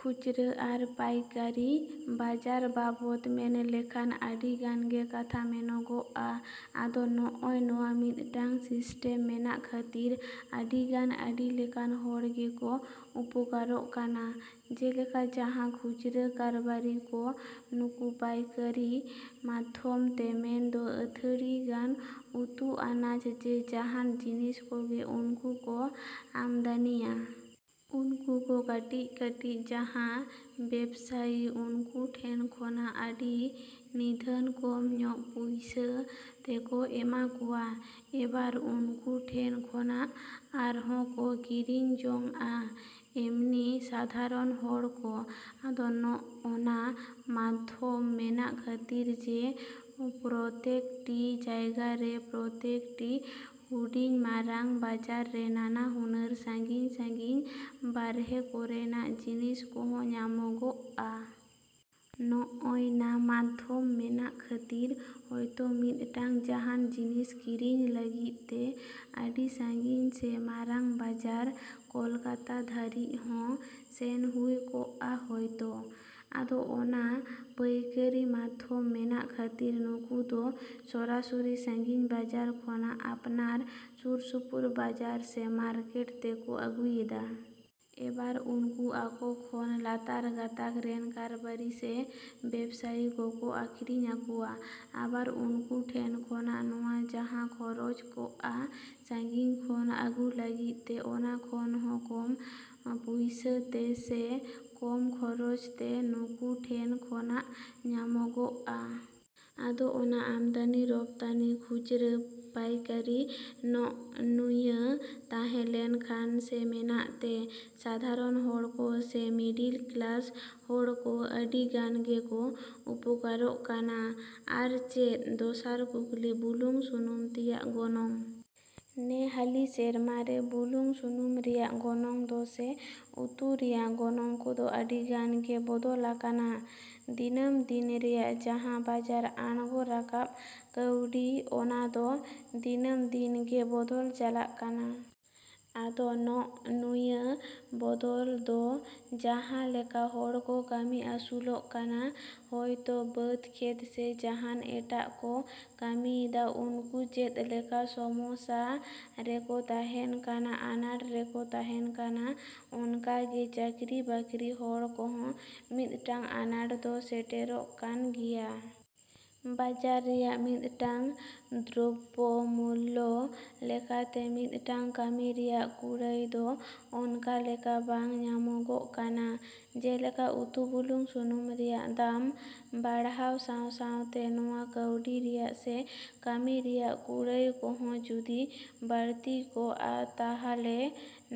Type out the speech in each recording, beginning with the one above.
ᱠᱷᱩᱪᱨᱟᱹ ᱟᱨ ᱯᱟᱭᱠᱟᱨᱤ ᱵᱟᱡᱟᱨ ᱵᱟᱵᱚᱫ ᱢᱮᱱ ᱞᱮᱠᱷᱟᱱ ᱟᱹᱰᱤ ᱜᱟᱱ ᱜᱮ ᱠᱟᱛᱷᱟ ᱢᱮᱱᱚᱜᱚᱜᱼᱟ᱾ ᱟᱫᱚ ᱱᱚᱜᱼᱚᱭ ᱱᱚᱣᱟ ᱢᱤᱫᱴᱟᱝ ᱥᱤᱥᱴᱮᱢ ᱢᱮᱱᱟᱜ ᱠᱷᱟᱹᱛᱤᱨ ᱟᱹᱰᱤ ᱜᱟᱱ ᱟᱹᱰᱤ ᱞᱮᱠᱟᱱ ᱦᱚᱲ ᱜᱮᱠᱚ ᱩᱯᱚᱠᱟᱨᱚᱜ ᱠᱟᱱᱟ᱾ ᱡᱮᱞᱮᱠᱟ ᱡᱟᱦᱟᱸ ᱠᱷᱩᱪᱨᱟᱹ ᱠᱟᱨᱵᱟᱨᱤ ᱠᱚ ᱱᱩᱠᱩ ᱯᱟᱭᱠᱟᱹᱨᱤ ᱢᱟᱫᱽᱫᱷᱚᱢ ᱛᱮ ᱢᱮᱱ ᱫᱚ ᱟᱹᱛᱷᱟᱹᱲᱤ ᱜᱟᱱ ᱩᱛᱩ ᱟᱱᱟᱡᱽ ᱡᱮ ᱡᱟᱦᱟᱱ ᱡᱤᱱᱤᱥ ᱠᱚᱜᱮ ᱩᱱᱠᱩ ᱠᱚ ᱟᱢᱫᱟᱱᱤᱭᱟ᱾ ᱩᱱᱠᱩ ᱠᱚ ᱠᱟᱹᱴᱤᱡ ᱠᱟᱹᱴᱤᱡ ᱡᱟᱦᱟᱸ ᱵᱮᱵᱥᱟᱭᱤ ᱩᱱᱠᱩ ᱴᱷᱮᱱ ᱠᱷᱚᱱᱟᱜ ᱟᱹᱰᱤ ᱱᱤᱫᱷᱟᱹᱱ ᱠᱚᱢ ᱧᱚᱜ ᱯᱩᱭᱥᱟᱹ ᱛᱮᱠᱚ ᱮᱢᱟ ᱠᱚᱣᱟ᱾ ᱮᱵᱟᱨ ᱩᱱᱠᱩ ᱴᱷᱮᱱ ᱠᱷᱚᱱᱟᱜ ᱟᱨᱦᱚᱸ ᱠᱚ ᱠᱤᱨᱤᱧ ᱡᱚᱝᱼᱟ ᱮᱢᱱᱤ ᱥᱟᱫᱷᱟᱨᱚᱱ ᱦᱚᱲ ᱠᱚ᱾ ᱟᱫᱚ ᱱᱚᱜᱼᱚᱱᱟ ᱢᱟᱫᱽᱫᱷᱚᱢ ᱢᱮᱱᱟᱜ ᱠᱷᱟᱹᱛᱤᱨ ᱡᱮ ᱯᱨᱚᱛᱮᱠ ᱴᱤ ᱡᱟᱭᱜᱟ ᱨᱮ, ᱯᱨᱚᱛᱮᱠ ᱴᱤ ᱦᱩᱰᱤᱧ ᱢᱟᱨᱟᱝ ᱵᱟᱡᱟᱨ ᱨᱮ ᱱᱟᱱᱟ ᱦᱩᱱᱟᱹᱨ ᱥᱟᱺᱜᱤᱧᱼᱥᱟᱺᱜᱤᱧ ᱵᱟᱨᱦᱮ ᱠᱚᱨᱮᱱᱟᱜ ᱡᱤᱱᱤᱥ ᱠᱚᱦᱚᱸ ᱧᱟᱢᱚᱜᱚᱜᱼᱟ᱾ ᱱᱚᱜᱼᱚᱭ ᱱᱟ ᱢᱟᱫᱽᱫᱷᱚᱢ ᱢᱮᱱᱟᱜ ᱠᱷᱟᱹᱛᱤᱨ ᱦᱚᱭᱛᱚ ᱢᱤᱫᱴᱟᱝ ᱡᱟᱦᱟᱱ ᱡᱤᱱᱤᱥ ᱠᱤᱨᱤᱧ ᱞᱟᱹᱜᱤᱫ ᱛᱮ ᱟᱹᱰᱤ ᱥᱟᱺᱜᱤᱧ ᱥᱮ ᱢᱟᱨᱟᱝ ᱵᱟᱡᱟᱨ ᱠᱚᱞᱠᱟᱛᱟ ᱫᱷᱟᱹᱨᱤᱡ ᱦᱚᱸ ᱥᱮᱱ ᱦᱩᱭ ᱠᱚᱜᱼᱟ ᱦᱚᱭᱛᱚ᱾ ᱟᱫᱚ ᱚᱱᱟ ᱯᱟᱹᱭᱠᱟᱹᱨᱤ ᱢᱟᱫᱽᱫᱷᱚᱢ ᱢᱮᱱᱟᱜ ᱠᱷᱟᱹᱛᱤᱨ ᱱᱩᱠᱩ ᱫᱚ ᱥᱚᱨᱟᱥᱚᱨᱤ ᱥᱟᱺᱜᱤᱧ ᱵᱟᱡᱟᱨ ᱠᱷᱚᱱᱟᱜ ᱟᱯᱱᱟᱨ ᱥᱩᱨ ᱥᱩᱯᱩᱨ ᱵᱟᱡᱟᱨ ᱥᱮ ᱢᱟᱨᱠᱮᱴ ᱛᱮᱠᱚ ᱟᱹᱜᱩᱭᱮᱫᱟ᱾ ᱮᱵᱟᱨ ᱩᱱᱠᱩ ᱟᱠᱚ ᱠᱷᱚᱱ ᱞᱟᱛᱟᱨ ᱜᱟᱛᱟᱠ ᱨᱮᱱ ᱠᱟᱨᱵᱟᱨᱤ ᱥᱮ ᱵᱮᱵᱥᱟᱭᱤ ᱠᱚ ᱠᱚ ᱟᱠᱷᱨᱤᱧ ᱟᱠᱚᱣᱟ᱾ ᱟᱵᱟᱨ ᱩᱱᱠᱩ ᱴᱷᱮᱱ ᱠᱷᱚᱱᱟᱜ ᱱᱚᱣᱟ ᱡᱟᱦᱟᱸ ᱠᱷᱚᱨᱚᱡᱽ ᱠᱚᱜᱼᱟ ᱥᱟᱺᱜᱤᱧ ᱠᱷᱚᱱ ᱟᱹᱜᱩ ᱞᱟᱹᱜᱤᱫ ᱛᱮ ᱚᱱᱟ ᱠᱷᱚᱱ ᱦᱚᱸ ᱠᱚᱢ ᱯᱩᱭᱥᱟᱹ ᱛᱮ ᱥᱮ ᱠᱚᱢ ᱠᱷᱚᱨᱚᱪ ᱛᱮ ᱱᱩᱠᱩ ᱴᱷᱮᱱ ᱠᱷᱚᱱᱟᱜ ᱧᱟᱢᱚᱜᱚᱜᱼᱟ᱾ ᱟᱫᱚ ᱚᱱᱟ ᱟᱢᱫᱟᱱᱤ ᱨᱚᱯᱛᱟᱱᱤ ᱠᱷᱩᱪᱨᱟᱹ ᱯᱟᱭᱠᱟᱨᱤ ᱱᱚᱜᱼᱱᱚᱭᱟ ᱛᱟᱦᱮᱸ ᱞᱮᱱ ᱠᱷᱟᱱ ᱥᱮ ᱢᱮᱱᱟᱜ ᱛᱮ, ᱥᱟᱫᱷᱟᱨᱚᱱ ᱦᱚᱲ ᱠᱚ ᱥᱮ, ᱢᱤᱰᱤᱞ ᱠᱞᱟᱥ ᱦᱚᱲ ᱠᱚ, ᱟᱹᱰᱤ ᱜᱟᱱ ᱜᱮᱠᱚ ᱩᱯᱚᱠᱟᱨᱚᱜ ᱠᱟᱱᱟ᱾ ᱟᱨ ᱪᱮᱫ? ᱫᱚᱥᱟᱨ ᱠᱩᱠᱞᱤ ᱵᱩᱞᱩᱝ ᱥᱩᱱᱩᱢ ᱛᱮᱭᱟᱜ ᱜᱚᱱᱚᱝ᱾ ᱱᱮᱦᱟᱹᱞᱤ ᱥᱮᱨᱢᱟ ᱨᱮ ᱵᱩᱞᱩᱝ ᱥᱩᱱᱩᱢ ᱨᱮᱭᱟᱜ ᱜᱚᱱᱚᱝ ᱫᱚ ᱥᱮ ᱩᱛᱩ ᱨᱮᱭᱟᱜ ᱜᱚᱱᱚᱝ ᱠᱚᱫᱚ ᱟᱹᱰᱤ ᱜᱟᱱ ᱜᱮ ᱵᱚᱫᱚᱞ ᱟᱠᱟᱱᱟ᱾ ᱫᱤᱱᱟᱹᱢ ᱫᱤᱱ ᱨᱮᱭᱟᱜ ᱡᱟᱦᱟᱸ ᱵᱟᱡᱟᱨ ᱟᱬᱜᱚ ᱨᱟᱠᱟᱵ ᱠᱟᱹᱣᱰᱤ ᱚᱱᱟ ᱫᱚ, ᱫᱤᱱᱟᱢ ᱫᱤᱱ ᱜᱮ ᱵᱚᱫᱚᱞ ᱪᱟᱞᱟᱜ ᱠᱟᱱᱟ᱾ ᱟᱫᱚ ᱱᱚᱜᱼᱱᱩᱭᱟᱹ ᱵᱚᱫᱚᱞ ᱫᱚ ᱡᱟᱦᱟᱸ ᱞᱮᱠᱟ ᱦᱚᱲ ᱠᱚ ᱠᱟᱹᱢᱤ ᱟᱹᱥᱩᱞᱚᱜ ᱠᱟᱱᱟ, ᱦᱚᱭᱛᱚ ᱵᱟᱹᱫᱽ ᱠᱷᱮᱛ ᱥᱮ ᱡᱟᱦᱟᱱ ᱮᱴᱟᱜ ᱠᱚ ᱠᱟᱹᱢᱤᱭᱮᱫᱟ ᱩᱱᱠᱩ ᱪᱮᱫ ᱞᱮᱠᱟ ᱥᱚᱢᱚᱥᱟ ᱨᱮᱠᱚ ᱛᱟᱦᱮᱱ ᱠᱟᱱᱟ, ᱟᱸᱱᱟᱴ ᱨᱮᱠᱚ ᱛᱟᱦᱮᱱ ᱠᱟᱱᱟ ᱚᱱᱠᱟ ᱜᱮ, ᱪᱟᱹᱠᱨᱤ ᱵᱟᱹᱠᱨᱤ ᱦᱚᱲ ᱠᱚᱦᱚᱸ ᱢᱤᱫᱴᱟᱝ ᱟᱸᱱᱟᱴ ᱫᱚ ᱥᱮᱴᱮᱨᱚᱜ ᱠᱟᱱ ᱜᱮᱭᱟ᱾ ᱵᱟᱡᱟᱨ ᱨᱮᱭᱟᱜ ᱢᱤᱫᱴᱟᱝ ᱫᱨᱚᱵᱵᱚ ᱢᱩᱞᱞᱚ ᱞᱮᱠᱟ ᱛᱮ ᱢᱤᱫᱴᱟᱝ ᱠᱟᱹᱢᱤ ᱨᱮᱭᱟᱜ ᱠᱩᱲᱟᱹᱭ ᱫᱚ ᱚᱱᱠᱟ ᱞᱮᱠᱟ ᱵᱟᱝ ᱧᱟᱢᱚᱜᱚᱜ ᱠᱟᱱᱟ᱾ ᱡᱮᱞᱮᱠᱟ ᱩᱛᱩ ᱵᱩᱞᱩᱝ ᱥᱩᱱᱩᱢ ᱨᱮᱭᱟᱜ ᱫᱟᱢ ᱵᱟᱲᱦᱟᱣ ᱥᱟᱸᱶᱼᱥᱟᱸᱶᱛᱮ ᱱᱚᱣᱟ ᱠᱟᱹᱣᱰᱤ ᱨᱮᱭᱟᱜ ᱥᱮ ᱠᱟᱹᱢᱤ ᱨᱮᱭᱟᱜ ᱠᱩᱲᱟᱹᱭ ᱠᱚᱦᱚᱸ ᱡᱩᱫᱤ ᱵᱟᱹᱲᱛᱤ ᱠᱚᱜ -ᱟ ᱛᱟᱦᱟᱞᱮ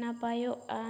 ᱱᱟᱯᱟᱭᱚᱜ-ᱟ᱾